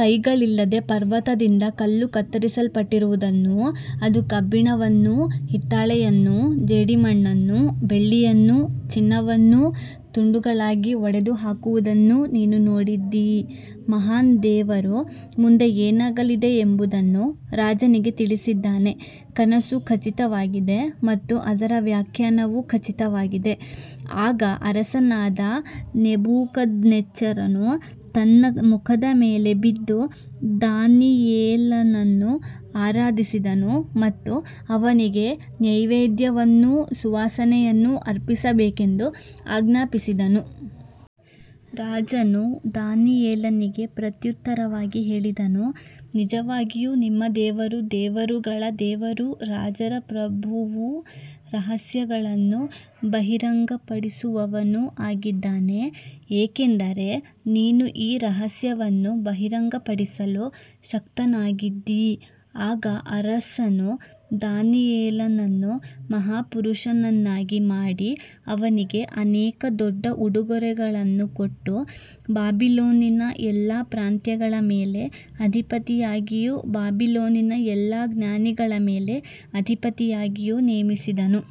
ಕೈಗಳಿಲ್ಲದೆ ಪರ್ವತದಿಂದ ಕಲ್ಲು ಕತ್ತರಿಸಲ್ಪಟ್ಟಿರುವುದನ್ನೂ ಅದು ಕಬ್ಬಿಣವನ್ನೂ ಹಿತ್ತಾಳೆಯನ್ನೂ ಜೇಡಿಮಣ್ಣನ್ನೂ ಬೆಳ್ಳಿಯನ್ನೂ ಚಿನ್ನವನ್ನೂ ತುಂಡುಗಳಾಗಿ ಒಡೆದುಹಾಕುವುದನ್ನೂ ನೀನು ನೋಡಿದ್ದೀ. ಮಹಾನ್ ದೇವರು ಮುಂದೆ ಏನಾಗಲಿದೆ ಎಂಬುದನ್ನು ರಾಜನಿಗೆ ತಿಳಿಸಿದ್ದಾನೆ. ಕನಸು ಖಚಿತವಾಗಿದೆ ಮತ್ತು ಅದರ ವ್ಯಾಖ್ಯಾನವೂ ಖಚಿತವಾಗಿದೆ. ಆಗ ಅರಸನಾದ ನೆಬೂಕದ್ನೆಚ್ಚರನು ತನ್ನ ಮುಖದ ಮೇಲೆ ಬಿದ್ದು ದಾನಿಯೇಲನನ್ನು ಆರಾಧಿಸಿದನು ಮತ್ತು ಅವನಿಗೆ ನೈವೇದ್ಯವನ್ನೂ ಸುವಾಸನೆಯನ್ನೂ ಅರ್ಪಿಸಬೇಕೆಂದು ಆಜ್ಞಾಪಿಸಿದನು. ರಾಜನು ದಾನಿಯೇಲನಿಗೆ ಪ್ರತ್ಯುತ್ತರವಾಗಿ ಹೇಳಿದನು, ನಿಜವಾಗಿಯೂ ನಿಮ್ಮ ದೇವರು ದೇವರುಗಳ ದೇವರೂ ರಾಜರ ಪ್ರಭುವೂ ರಹಸ್ಯಗಳನ್ನು ಬಹಿರಂಗಪಡಿಸುವವನೂ ಆಗಿದ್ದಾನೆ, ಏಕೆಂದರೆ ನೀನು ಈ ರಹಸ್ಯವನ್ನು ಬಹಿರಂಗಪಡಿಸಲು ಶಕ್ತನಾಗಿದ್ದೀ. ಆಗ ಅರಸನು ದಾನಿಯೇಲನನ್ನು ಮಹಾಪುರುಷನನ್ನಾಗಿ ಮಾಡಿ ಅವನಿಗೆ ಅನೇಕ ದೊಡ್ಡ ಉಡುಗೊರೆಗಳನ್ನು ಕೊಟ್ಟು ಬಾಬಿಲೋನಿನ ಎಲ್ಲಾ ಪ್ರಾಂತ್ಯಗಳ ಮೇಲೆ ಅಧಿಪತಿಯಾಗಿಯೂ ಬಾಬಿಲೋನಿನ ಎಲ್ಲಾ ಜ್ಞಾನಿಗಳ ಮೇಲೆ ಅಧಿಪತಿಯಾಗಿಯೂ ನೇಮಿಸಿದನು.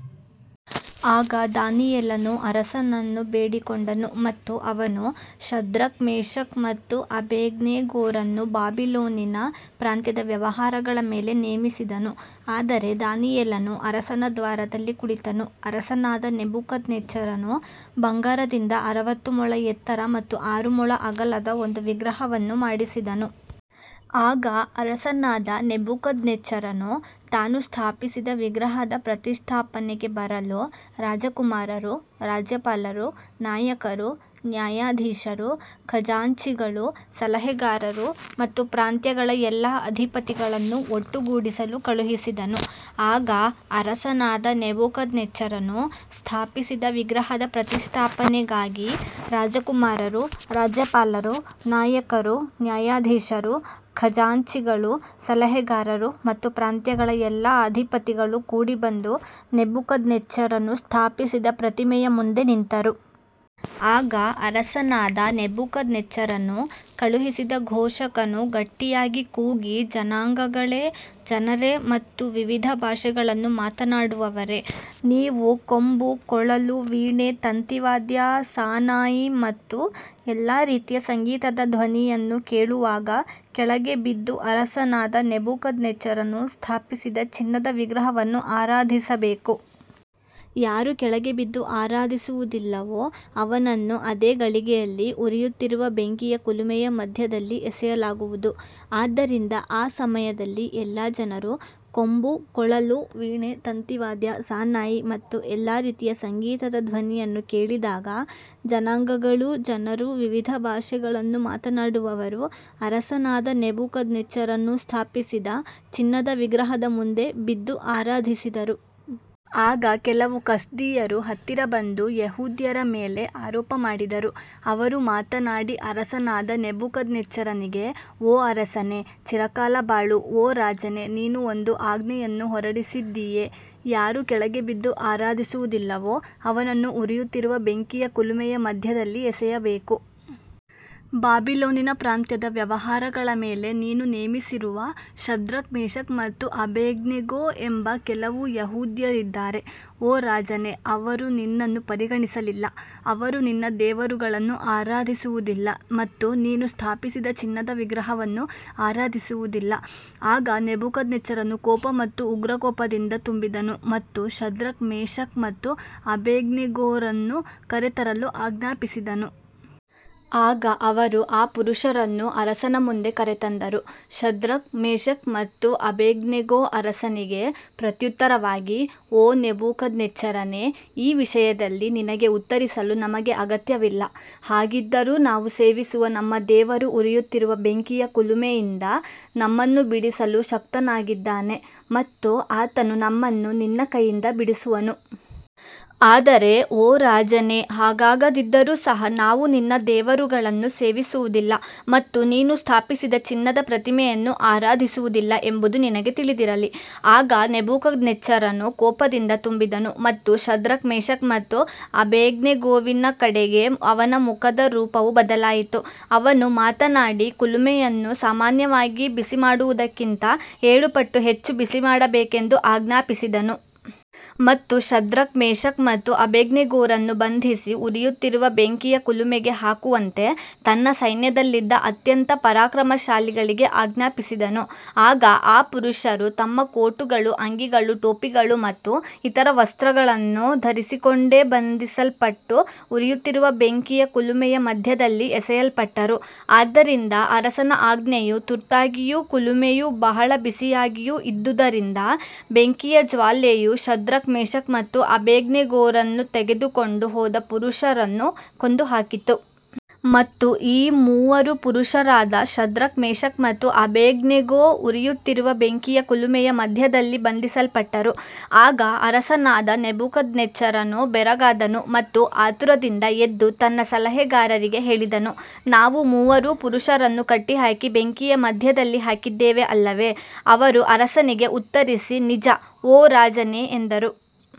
ಆಗ ದಾನಿಯೇಲನು ಅರಸನನ್ನು ಬೇಡಿಕೊಂಡನು ಮತ್ತು ಅವನು ಶದ್ರಕ್, ಮೇಷಕ್ ಮತ್ತು ಅಬೇದ್ನೆಗೋರನ್ನು ಬಾಬಿಲೋನಿನ ಪ್ರಾಂತ್ಯದ ವ್ಯವಹಾರಗಳ ಮೇಲೆ ನೇಮಿಸಿದನು. ಆದರೆ ದಾನಿಯೇಲನು ಅರಸನ ದ್ವಾರದಲ್ಲಿ ಕುಳಿತನು. ಅರಸನಾದ ನೆಬೂಕದ್ನೆಚ್ಚರನು ಬಂಗಾರದಿಂದ ಅರವತ್ತು ಮೊಳ ಎತ್ತರ ಮತ್ತು ಆರು ಮೊಳ ಅಗಲದ ಒಂದು ವಿಗ್ರಹವನ್ನು ಮಾಡಿಸಿದನು. ಆಗ ಅರಸನಾದ ನೆಬೂಕದ್ನೆಚ್ಚರನು ತಾನು ಸ್ಥಾಪಿಸಿದ ವಿಗ್ರಹದ ಪ್ರತಿಷ್ಠಾಪನೆಗೆ ಬರಲು ರಾಜಕುಮಾರರು, ರಾಜ್ಯಪಾಲರು, ನಾಯಕರು, ನ್ಯಾಯಾಧೀಶರು, ಖಜಾಂಚಿಗಳು, ಸಲಹೆಗಾರರು ಮತ್ತು ಪ್ರಾಂತ್ಯಗಳ ಎಲ್ಲಾ ಅಧಿಪತಿಗಳನ್ನು ಒಟ್ಟುಗೂಡಿಸಲು ಕಳುಹಿಸಿದನು. ಆಗ ಅರಸನಾದ ನೆಬೂಕದ್ನೆಚ್ಚರನು ಸ್ಥಾಪಿಸಿದ ವಿಗ್ರಹದ ಪ್ರತಿಷ್ಠಾಪನೆಗಾಗಿ ರಾಜಕುಮಾರರು, ರಾಜ್ಯಪಾಲರು, ನಾಯಕರು, ನ್ಯಾಯಾಧೀಶರು, ಖಜಾಂಚಿಗಳು, ಸಲಹೆಗಾರರು ಮತ್ತು ಪ್ರಾಂತ್ಯಗಳ ಎಲ್ಲಾ ಅಧಿಪತಿಗಳು ಕೂಡಿಬಂದು ನೆಬೂಕದ್ನೆಚ್ಚರನು ಸ್ಥಾಪಿಸಿದ ಪ್ರತಿಮೆಯ ಮುಂದೆ ನಿಂತರು. ಆಗ ಅರಸನಾದ ನೆಬೂಕದ್ನೆಚ್ಚರನು ಕಳುಹಿಸಿದ ಘೋಷಕನು ಗಟ್ಟಿಯಾಗಿ ಕೂಗಿ, ಜನಾಂಗಗಳೇ, ಜನರೇ ಮತ್ತು ವಿವಿಧ ಭಾಷೆಗಳನ್ನು ಮಾತನಾಡುವವರೇ, ನೀವು ಕೊಂಬು, ಕೊಳಲು, ವೀಣೆ, ತಂತಿವಾದ್ಯ, ಸಾನಾಯಿ ಮತ್ತು ಎಲ್ಲಾ ರೀತಿಯ ಸಂಗೀತದ ಧ್ವನಿಯನ್ನು ಕೇಳುವಾಗ ಕೆಳಗೆ ಬಿದ್ದು ಅರಸನಾದ ನೆಬೂಕದ್ನೆಚ್ಚರನು ಸ್ಥಾಪಿಸಿದ ಚಿನ್ನದ ವಿಗ್ರಹವನ್ನು ಆರಾಧಿಸಬೇಕು. ಯಾರು ಕೆಳಗೆ ಬಿದ್ದು ಆರಾಧಿಸುವುದಿಲ್ಲವೋ ಅವನನ್ನು ಅದೇ ಗಳಿಗೆಯಲ್ಲಿ ಉರಿಯುತ್ತಿರುವ ಬೆಂಕಿಯ ಕುಲುಮೆಯ ಮಧ್ಯದಲ್ಲಿ ಎಸೆಯಲಾಗುವುದು. ಆದ್ದರಿಂದ ಆ ಸಮಯದಲ್ಲಿ ಎಲ್ಲಾ ಜನರು ಕೊಂಬು, ಕೊಳಲು, ವೀಣೆ, ತಂತಿವಾದ್ಯ, ಸಾನಾಯಿ ಮತ್ತು ಎಲ್ಲಾ ರೀತಿಯ ಸಂಗೀತದ ಧ್ವನಿಯನ್ನು ಕೇಳಿದಾಗ ಜನಾಂಗಗಳೂ ಜನರೂ ವಿವಿಧ ಭಾಷೆಗಳನ್ನು ಮಾತನಾಡುವವರೂ ಅರಸನಾದ ನೆಬೂಕದ್ನೆಚ್ಚರನು ಸ್ಥಾಪಿಸಿದ ಚಿನ್ನದ ವಿಗ್ರಹದ ಮುಂದೆ ಬಿದ್ದು ಆರಾಧಿಸಿದರು. ಆಗ ಕೆಲವು ಕಸ್ದೀಯರು ಹತ್ತಿರ ಬಂದು ಯೆಹೂದ್ಯರ ಮೇಲೆ ಆರೋಪ ಮಾಡಿದರು. ಅವರು ಮಾತನಾಡಿ ಅರಸನಾದ ನೆಬೂಕದ್ನೆಚ್ಚರನಿಗೆ, ಓ ಅರಸನೇ, ಚಿರಕಾಲ ಬಾಳು. ಓ ರಾಜನೇ, ನೀನು ಒಂದು ಆಜ್ಞೆಯನ್ನು ಹೊರಡಿಸಿದ್ದೀಯೆ, ಯಾರು ಕೆಳಗೆ ಬಿದ್ದು ಆರಾಧಿಸುವುದಿಲ್ಲವೋ ಅವನನ್ನು ಉರಿಯುತ್ತಿರುವ ಬೆಂಕಿಯ ಕುಲುಮೆಯ ಮಧ್ಯದಲ್ಲಿ ಎಸೆಯಬೇಕು. ಬಾಬಿಲೋನಿನ ಪ್ರಾಂತ್ಯದ ವ್ಯವಹಾರಗಳ ಮೇಲೆ ನೀನು ನೇಮಿಸಿರುವ ಶದ್ರಕ್, ಮೇಷಕ್ ಮತ್ತು ಅಬೇದ್ನೆಗೋ ಎಂಬ ಕೆಲವು ಯೆಹೂದ್ಯರಿದ್ದಾರೆ. ಓ ರಾಜನೇ, ಅವರು ನಿನ್ನನ್ನು ಪರಿಗಣಿಸಲಿಲ್ಲ. ಅವರು ನಿನ್ನ ದೇವರುಗಳನ್ನು ಆರಾಧಿಸುವುದಿಲ್ಲ ಮತ್ತು ನೀನು ಸ್ಥಾಪಿಸಿದ ಚಿನ್ನದ ವಿಗ್ರಹವನ್ನು ಆರಾಧಿಸುವುದಿಲ್ಲ. ಆಗ ನೆಬೂಕದ್ನೆಚ್ಚರನು ಕೋಪ ಮತ್ತು ಉಗ್ರಕೋಪದಿಂದ ತುಂಬಿದನು ಮತ್ತು ಶದ್ರಕ್, ಮೇಷಕ್ ಮತ್ತು ಅಬೇದ್ನೆಗೋರನ್ನು ಕರೆತರಲು ಆಜ್ಞಾಪಿಸಿದನು. ಆಗ ಅವರು ಆ ಪುರುಷರನ್ನು ಅರಸನ ಮುಂದೆ ಕರೆತಂದರು. ಶದ್ರಕ್, ಮೇಷಕ್ ಮತ್ತು ಅಬೇದ್ನೆಗೋ ಅರಸನಿಗೆ ಪ್ರತ್ಯುತ್ತರವಾಗಿ, ಓ ನೆಬೂಕದ್ನೆಚ್ಚರನೇ, ಈ ವಿಷಯದಲ್ಲಿ ನಿನಗೆ ಉತ್ತರಿಸಲು ನಮಗೆ ಅಗತ್ಯವಿಲ್ಲ. ಹಾಗಿದ್ದರೂ ನಾವು ಸೇವಿಸುವ ನಮ್ಮ ದೇವರು ಉರಿಯುತ್ತಿರುವ ಬೆಂಕಿಯ ಕುಲುಮೆಯಿಂದ ನಮ್ಮನ್ನು ಬಿಡಿಸಲು ಶಕ್ತನಾಗಿದ್ದಾನೆ ಮತ್ತು ಆತನು ನಮ್ಮನ್ನು ನಿನ್ನ ಕೈಯಿಂದ ಬಿಡಿಸುವನು. ಆದರೆ ಓ ರಾಜನೇ, ಹಾಗಾಗದಿದ್ದರೂ ಸಹ ನಾವು ನಿನ್ನ ದೇವರುಗಳನ್ನು ಸೇವಿಸುವುದಿಲ್ಲ ಮತ್ತು ನೀನು ಸ್ಥಾಪಿಸಿದ ಚಿನ್ನದ ಪ್ರತಿಮೆಯನ್ನು ಆರಾಧಿಸುವುದಿಲ್ಲ ಎಂಬುದು ನಿನಗೆ ತಿಳಿದಿರಲಿ. ಆಗ ನೆಬೂಕದ್ನೆಚ್ಚರನು ಕೋಪದಿಂದ ತುಂಬಿದನು ಮತ್ತು ಶದ್ರಕ್, ಮೇಷಕ್ ಮತ್ತು ಅಬೇದ್ನೆಗೋವಿನ ಕಡೆಗೆ ಅವನ ಮುಖದ ರೂಪವು ಬದಲಾಯಿತು. ಅವನು ಮಾತನಾಡಿ, ಕುಲುಮೆಯನ್ನು ಸಾಮಾನ್ಯವಾಗಿ ಬಿಸಿಮಾಡುವುದಕ್ಕಿಂತ ಏಳು ಪಟ್ಟು ಹೆಚ್ಚು ಬಿಸಿಮಾಡಬೇಕೆಂದು ಆಜ್ಞಾಪಿಸಿದನು. ಮತ್ತು ಶದ್ರಕ್, ಮೇಷಕ್ ಮತ್ತು ಅಬೇದ್ನೆಗೋರನ್ನು ಬಂಧಿಸಿ ಉರಿಯುತ್ತಿರುವ ಬೆಂಕಿಯ ಕುಲುಮೆಗೆ ಹಾಕುವಂತೆ ತನ್ನ ಸೈನ್ಯದಲ್ಲಿದ್ದ ಅತ್ಯಂತ ಪರಾಕ್ರಮಶಾಲಿಗಳಿಗೆ ಆಜ್ಞಾಪಿಸಿದನು. ಆಗ ಆ ಪುರುಷರು ತಮ್ಮ ಕೋಟುಗಳು, ಅಂಗಿಗಳು, ಟೋಪಿಗಳು ಮತ್ತು ಇತರ ವಸ್ತ್ರಗಳನ್ನು ಧರಿಸಿಕೊಂಡೇ ಬಂಧಿಸಲ್ಪಟ್ಟು ಉರಿಯುತ್ತಿರುವ ಬೆಂಕಿಯ ಕುಲುಮೆಯ ಮಧ್ಯದಲ್ಲಿ ಎಸೆಯಲ್ಪಟ್ಟರು. ಆದ್ದರಿಂದ ಅರಸನ ಆಜ್ಞೆಯು ತುರ್ತಾಗಿಯೂ ಕುಲುಮೆಯು ಬಹಳ ಬಿಸಿಯಾಗಿಯೂ ಇದ್ದುದರಿಂದ ಬೆಂಕಿಯ ಜ್ವಾಲೆಯು ಶದ್ರಕ್, ಮೇಷಕ್ ಮತ್ತು ಅಬೇದ್ನೆಗೋರನ್ನು ತೆಗೆದುಕೊಂಡು ಹೋದ ಪುರುಷರನ್ನು ಕೊಂದುಹಾಕಿತು. ಮತ್ತು ಈ ಮೂವರು ಪುರುಷರಾದ ಶದ್ರಕ್, ಮೇಷಕ್ ಮತ್ತು ಅಬೇದ್ನೆಗೋ ಉರಿಯುತ್ತಿರುವ ಬೆಂಕಿಯ ಕುಲುಮೆಯ ಮಧ್ಯದಲ್ಲಿ ಬಂಧಿಸಲ್ಪಟ್ಟರು. ಆಗ ಅರಸನಾದ ನೆಬೂಕದ್ನೆಚ್ಚರನು ಬೆರಗಾದನು ಮತ್ತು ಆತುರದಿಂದ ಎದ್ದು ತನ್ನ ಸಲಹೆಗಾರರಿಗೆ ಹೇಳಿದನು, ನಾವು ಮೂವರು ಪುರುಷರನ್ನು ಕಟ್ಟಿಹಾಕಿ ಬೆಂಕಿಯ ಮಧ್ಯದಲ್ಲಿ ಹಾಕಿದ್ದೇವೆ ಅಲ್ಲವೇ. ಅವರು ಅರಸನಿಗೆ ಉತ್ತರಿಸಿ, ನಿಜ, ಓ ರಾಜನೇ, ಎಂದರು.